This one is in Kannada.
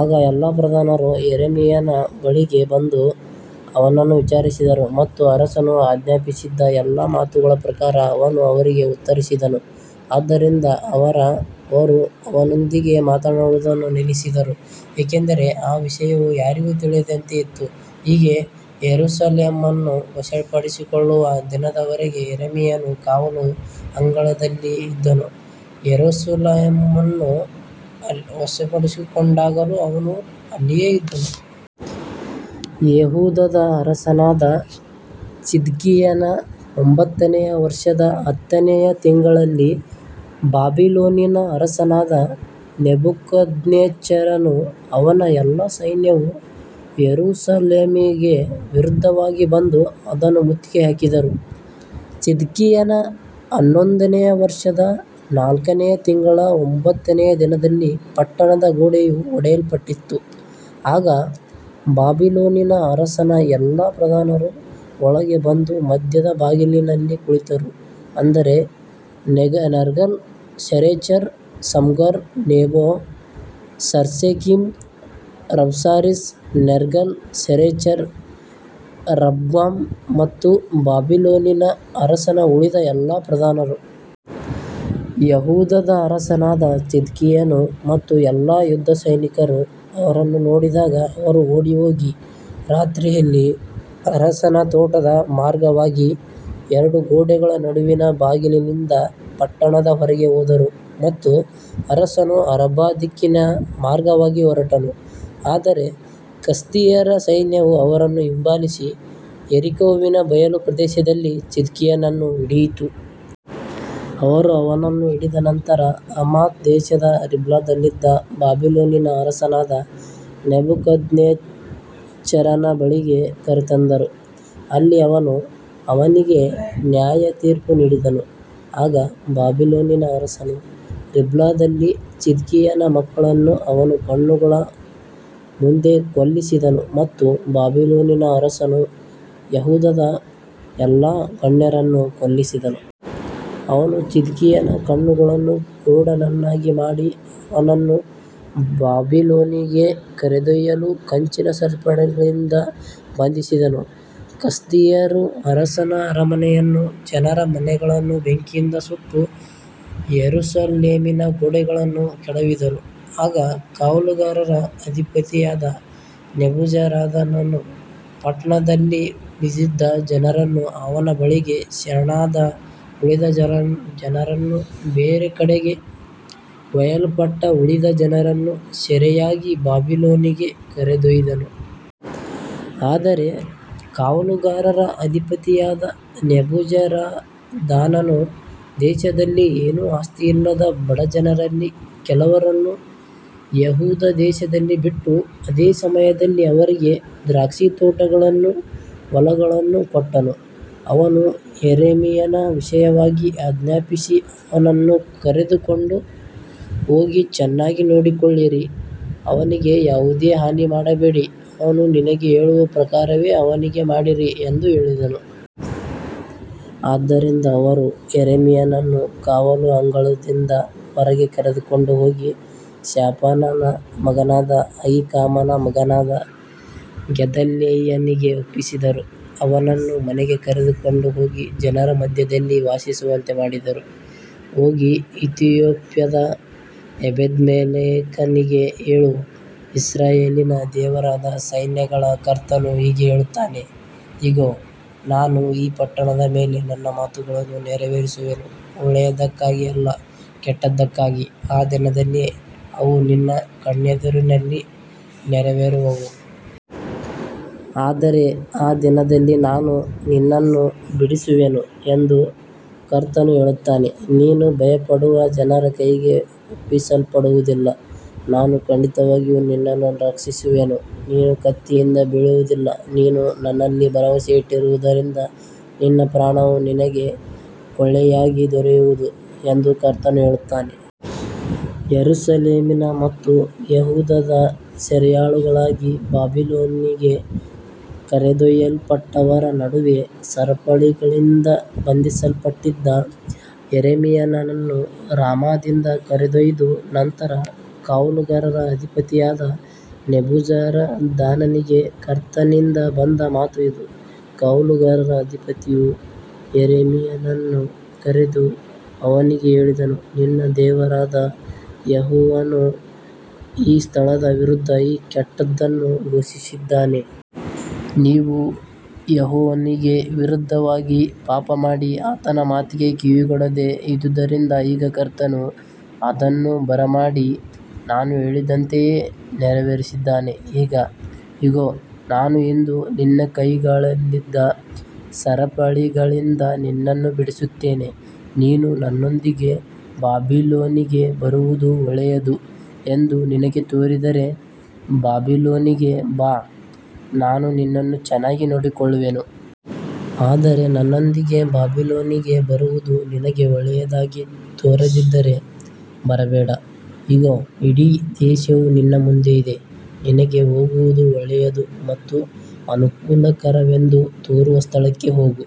ಆಗ ಎಲ್ಲಾ ಪ್ರಧಾನರು ಯೆರೆಮೀಯನ ಬಳಿಗೆ ಬಂದು ಅವನನ್ನು ವಿಚಾರಿಸಿದರು, ಮತ್ತು ಅರಸನು ಆಜ್ಞಾಪಿಸಿದ್ದ ಎಲ್ಲಾ ಮಾತುಗಳ ಪ್ರಕಾರ ಅವನು ಅವರಿಗೆ ಉತ್ತರಿಸಿದನು. ಆದ್ದರಿಂದ ಅವರು ಅವನೊಂದಿಗೆ ಮಾತನಾಡುವುದನ್ನು ನಿಲ್ಲಿಸಿದರು, ಏಕೆಂದರೆ ಆ ವಿಷಯವು ಯಾರಿಗೂ ತಿಳಿಯದಂತೆ ಇತ್ತು. ಹೀಗೆ ಯೆರೂಸಲೇಮನ್ನು ವಶಪಡಿಸಿಕೊಳ್ಳುವ ದಿನದವರೆಗೆ ಯೆರೆಮೀಯನು ಕಾವಲು ಅಂಗಳದಲ್ಲಿ ಇದ್ದನು, ಯೆರೂಸಲೇಮನ್ನು ವಶಪಡಿಸಿಕೊಂಡಾಗಲೂ ಅವನು ಅಲ್ಲಿಯೇ ಇದ್ದನು. ಯೆಹೂದದ ಅರಸನಾದ ಚಿದ್ಕೀಯನ ಒಂಬತ್ತನೆಯ ವರ್ಷದ ಹತ್ತನೆಯ ತಿಂಗಳಲ್ಲಿ ಬಾಬಿಲೋನಿನ ಅರಸನಾದ ನೆಬೂಕದ್ನೆಚ್ಚರನೂ ಅವನ ಎಲ್ಲಾ ಸೈನ್ಯವೂ ಯೆರೂಸಲೇಮಿಗೆ ವಿರುದ್ಧವಾಗಿ ಬಂದು ಅದನ್ನು ಮುತ್ತಿಗೆ ಹಾಕಿದರು. ಚಿದ್ಕೀಯನ ಹನ್ನೊಂದನೆಯ ವರ್ಷದ ನಾಲ್ಕನೆಯ ತಿಂಗಳ ಒಂಬತ್ತನೆಯ ದಿನದಲ್ಲಿ ಪಟ್ಟಣದ ಗೋಡೆಯು ಒಡೆಯಲ್ಪಟ್ಟಿತು. ಆಗ ಬಾಬಿಲೋನಿನ ಅರಸನ ಎಲ್ಲಾ ಪ್ರಧಾನರು ಒಳಗೆ ಬಂದು ಮಧ್ಯದ ಬಾಗಿಲಿನಲ್ಲಿ ಕುಳಿತರು, ಅಂದರೆ Nergal Sharezer, Samgar Nebo, Sarsechim, Rabsaris, Nergal Sharezer, Rabmag ಮತ್ತು ಬಾಬಿಲೋನಿನ ಅರಸನ ಉಳಿದ ಎಲ್ಲಾ ಪ್ರಧಾನರು. ಯೆಹೂದದ ಅರಸನಾದ ಚಿದ್ಕೀಯನು ಮತ್ತು ಎಲ್ಲಾ ಯುದ್ಧಸೈನಿಕರು ಅವರನ್ನು ನೋಡಿದಾಗ ಅವರು ಓಡಿಹೋಗಿ, ರಾತ್ರಿಯಲ್ಲಿ ಅರಸನ ತೋಟದ ಮಾರ್ಗವಾಗಿ, ಎರಡು ಗೋಡೆಗಳ ನಡುವಿನ ಬಾಗಿಲಿನಿಂದ ಪಟ್ಟಣದ ಹೊರಗೆ ಹೋದರು ಮತ್ತು ಅರಸನು ಅರಬಾ ದಿಕ್ಕಿನ ಮಾರ್ಗವಾಗಿ ಹೊರಟನು. ಆದರೆ ಕಸ್ದೀಯರ ಸೈನ್ಯವು ಅವರನ್ನು ಹಿಂಬಾಲಿಸಿ, ಯೆರಿಕೋವಿನ ಬಯಲು ಪ್ರದೇಶದಲ್ಲಿ ಚಿದ್ಕೀಯನನ್ನು ಹಿಡಿಯಿತು. ಅವರು ಅವನನ್ನು ಹಿಡಿದ ನಂತರ ಹಮಾತ್ ದೇಶದ ರಿಬ್ಲಾದಲ್ಲಿದ್ದ ಬಾಬಿಲೋನಿನ ಅರಸನಾದ ನೆಬೂಕದ್ನೆಚ್ಚರನ ಬಳಿಗೆ ಕರೆತಂದರು, ಅಲ್ಲಿ ಅವನು ಅವನಿಗೆ ನ್ಯಾಯತೀರ್ಪು ನೀಡಿದನು. ಆಗ ಬಾಬಿಲೋನಿನ ಅರಸನು ರಿಬ್ಲಾದಲ್ಲಿ ಚಿದ್ಕೀಯನ ಮಕ್ಕಳನ್ನು ಅವನ ಕಣ್ಣುಗಳ ಮುಂದೆ ಕೊಲ್ಲಿಸಿದನು ಮತ್ತು ಬಾಬಿಲೋನಿನ ಅರಸನು ಯೆಹೂದದ ಎಲ್ಲಾ ಗಣ್ಯರನ್ನೂ ಕೊಲ್ಲಿಸಿದನು. ಅವನು ಚಿದ್ಕೀಯನ ಕಣ್ಣುಗಳನ್ನು ಕುರುಡನನ್ನಾಗಿ ಮಾಡಿ, ಅವನನ್ನು ಬಾಬಿಲೋನಿಗೆ ಕರೆದೊಯ್ಯಲು ಕಂಚಿನ ಸರಪಳಿಗಳಿಂದ ಬಂಧಿಸಿದನು. ಕಸ್ದೀಯರು ಅರಸನ ಅರಮನೆಯನ್ನೂ ಜನರ ಮನೆಗಳನ್ನೂ ಬೆಂಕಿಯಿಂದ ಸುಟ್ಟು, ಯೆರೂಸಲೇಮಿನ ಗೋಡೆಗಳನ್ನು ಕೆಡವಿದರು. ಆಗ ಕಾವಲುಗಾರರ ಅಧಿಪತಿಯಾದ ನೆಬೂಜರದಾನನು ಪಟ್ಟಣದಲ್ಲಿ ಉಳಿದಿದ್ದ ಜನರನ್ನೂ, ಅವನ ಬಳಿಗೆ ಶರಣಾದ ಉಳಿದ ಜನರನ್ನೂ, ಬೇರೆ ಕಡೆಗೆ ಒಯ್ಯಲ್ಪಟ್ಟ ಉಳಿದ ಜನರನ್ನೂ ಸೆರೆಯಾಗಿ ಬಾಬಿಲೋನಿಗೆ ಕರೆದೊಯ್ದನು. ಆದರೆ ಕಾವಲುಗಾರರ ಅಧಿಪತಿಯಾದ ನೆಬೂಜರದಾನನು ದೇಶದಲ್ಲಿ ಏನೂ ಆಸ್ತಿಯಿಲ್ಲದ ಬಡ ಜನರಲ್ಲಿ ಕೆಲವರನ್ನು ಯೆಹೂದ ದೇಶದಲ್ಲಿ ಬಿಟ್ಟು, ಅದೇ ಸಮಯದಲ್ಲಿ ಅವರಿಗೆ ದ್ರಾಕ್ಷಿತೋಟಗಳನ್ನೂ ಹೊಲಗಳನ್ನೂ ಕೊಟ್ಟನು. ಅವನು ಯೆರೆಮೀಯನ ವಿಷಯವಾಗಿ ಆಜ್ಞಾಪಿಸಿ, ಅವನನ್ನು ಕರೆದುಕೊಂಡು ಹೋಗಿ ಚೆನ್ನಾಗಿ ನೋಡಿಕೊಳ್ಳಿರಿ, ಅವನಿಗೆ ಯಾವುದೇ ಹಾನಿ ಮಾಡಬೇಡಿ, ಅವನು ನಿನಗೆ ಹೇಳುವ ಪ್ರಕಾರವೇ ಅವನಿಗೆ ಮಾಡಿರಿ ಎಂದು ಹೇಳಿದನು. ಆದ್ದರಿಂದ ಅವರು ಯೆರೆಮೀಯನನ್ನು ಕಾವಲು ಅಂಗಳದಿಂದ ಹೊರಗೆ ಕರೆದುಕೊಂಡು ಹೋಗಿ, ಶಾಫಾನನ ಮಗನಾದ ಅಹೀಕಾಮನ ಮಗನಾದ ಗೆದಲ್ಯನಿಗೆ ಒಪ್ಪಿಸಿದರು, ಅವನನ್ನು ಮನೆಗೆ ಕರೆದುಕೊಂಡು ಹೋಗಿ ಜನರ ಮಧ್ಯದಲ್ಲಿ ವಾಸಿಸುವಂತೆ ಮಾಡಿದರು. ಹೋಗಿ ಇಥಿಯೋಪ್ಯದ ಎಬೆದ್ಮೆಲೆಕನಿಗೆ ಹೇಳು, ಇಸ್ರಾಯೇಲಿನ ದೇವರಾದ ಸೈನ್ಯಗಳ ಕರ್ತನು ಹೀಗೆ ಹೇಳುತ್ತಾನೆ, ಇಗೋ, ನಾನು ಈ ಪಟ್ಟಣದ ಮೇಲೆ ನನ್ನ ಮಾತುಗಳನ್ನು ನೆರವೇರಿಸುವೆನು, ಒಳ್ಳೆಯದಕ್ಕಾಗಿ ಅಲ್ಲ, ಕೆಟ್ಟದ್ದಕ್ಕಾಗಿ, ಆ ದಿನದಲ್ಲಿ ಅವು ನಿನ್ನ ಕಣ್ಣೆದುರಿನಲ್ಲಿ ನೆರವೇರುವವು. ಆದರೆ ಆ ದಿನದಲ್ಲಿ ನಾನು ನಿನ್ನನ್ನು ಬಿಡಿಸುವೆನು ಎಂದು ಕರ್ತನು ಹೇಳುತ್ತಾನೆ, ನೀನು ಭಯಪಡುವ ಜನರ ಕೈಗೆ ಒಪ್ಪಿಸಲ್ಪಡುವುದಿಲ್ಲ. ನಾನು ಖಂಡಿತವಾಗಿಯೂ ನಿನ್ನನ್ನು ರಕ್ಷಿಸುವೆನು, ನೀನು ಕತ್ತಿಯಿಂದ ಬೀಳುವುದಿಲ್ಲ, ನೀನು ನನ್ನಲ್ಲಿ ಭರವಸೆ ಇಟ್ಟಿರುವುದರಿಂದ ನಿನ್ನ ಪ್ರಾಣವು ನಿನಗೆ ಕೊಳ್ಳೆಯಾಗಿ ದೊರೆಯುವುದು ಎಂದು ಕರ್ತನು ಹೇಳುತ್ತಾನೆ. ಯೆರೂಸಲೇಮಿನ ಮತ್ತು ಯೆಹೂದದ ಸೆರೆಯಾಳುಗಳಾಗಿ ಬಾಬಿಲೋನಿಗೆ ಕರೆದೊಯ್ಯಲ್ಪಟ್ಟವರ ನಡುವೆ ಸರಪಳಿಗಳಿಂದ ಬಂಧಿಸಲ್ಪಟ್ಟಿದ್ದ ಯೆರೆಮೀಯನನ್ನು ರಾಮಾದಿಂದ ಕರೆದೊಯ್ದ ನಂತರ, ಕಾವಲುಗಾರರ ಅಧಿಪತಿಯಾದ ನೆಬೂಜರದಾನನಿಗೆ ಕರ್ತನಿಂದ ಬಂದ ಮಾತು ಇದು. ಕಾವಲುಗಾರರ ಅಧಿಪತಿಯು ಯೆರೆಮೀಯನನ್ನು ಕರೆದು ಅವನಿಗೆ ಹೇಳಿದನು, ನಿನ್ನ ದೇವರಾದ ಯೆಹೋವನು ಈ ಸ್ಥಳದ ವಿರುದ್ಧ ಈ ಕೆಟ್ಟದ್ದನ್ನು ಘೋಷಿಸಿದ್ದಾನೆ. ನೀವು ಯೆಹೋವನಿಗೆ ವಿರುದ್ಧವಾಗಿ ಪಾಪಮಾಡಿ, ಆತನ ಮಾತಿಗೆ ಕಿವಿಗೊಡದೆ ಇದ್ದುದರಿಂದ, ಈಗ ಕರ್ತನು ಅದನ್ನು ಬರಮಾಡಿ, ತಾನು ಹೇಳಿದಂತೆಯೇ ನೆರವೇರಿಸಿದ್ದಾನೆ. ಈಗ ಇಗೋ, ನಾನು ಇಂದು ನಿನ್ನ ಕೈಗಳಲ್ಲಿದ್ದ ಸರಪಳಿಗಳಿಂದ ನಿನ್ನನ್ನು ಬಿಡಿಸುತ್ತೇನೆ. ನೀನು ನನ್ನೊಂದಿಗೆ ಬಾಬಿಲೋನಿಗೆ ಬರುವುದು ಒಳ್ಳೆಯದು ಎಂದು ನಿನಗೆ ತೋರಿದರೆ, ಬಾಬಿಲೋನಿಗೆ ಬಾ, ನಾನು ನಿನ್ನನ್ನು ಚೆನ್ನಾಗಿ ನೋಡಿಕೊಳ್ಳುವೆನು. ಆದರೆ ನನ್ನೊಂದಿಗೆ ಬಾಬಿಲೋನಿಗೆ ಬರುವುದು ನಿನಗೆ ಒಳ್ಳೆಯದಾಗಿ ತೋರದಿದ್ದರೆ, ಬರಬೇಡ. ಇಗೋ, ಇಡೀ ದೇಶವು ನಿನ್ನ ಮುಂದೆ ಇದೆ, ನಿನಗೆ ಹೋಗುವುದು ಒಳ್ಳೆಯದು ಮತ್ತು ಅನುಕೂಲಕರವೆಂದು ತೋರುವ ಸ್ಥಳಕ್ಕೆ ಹೋಗು.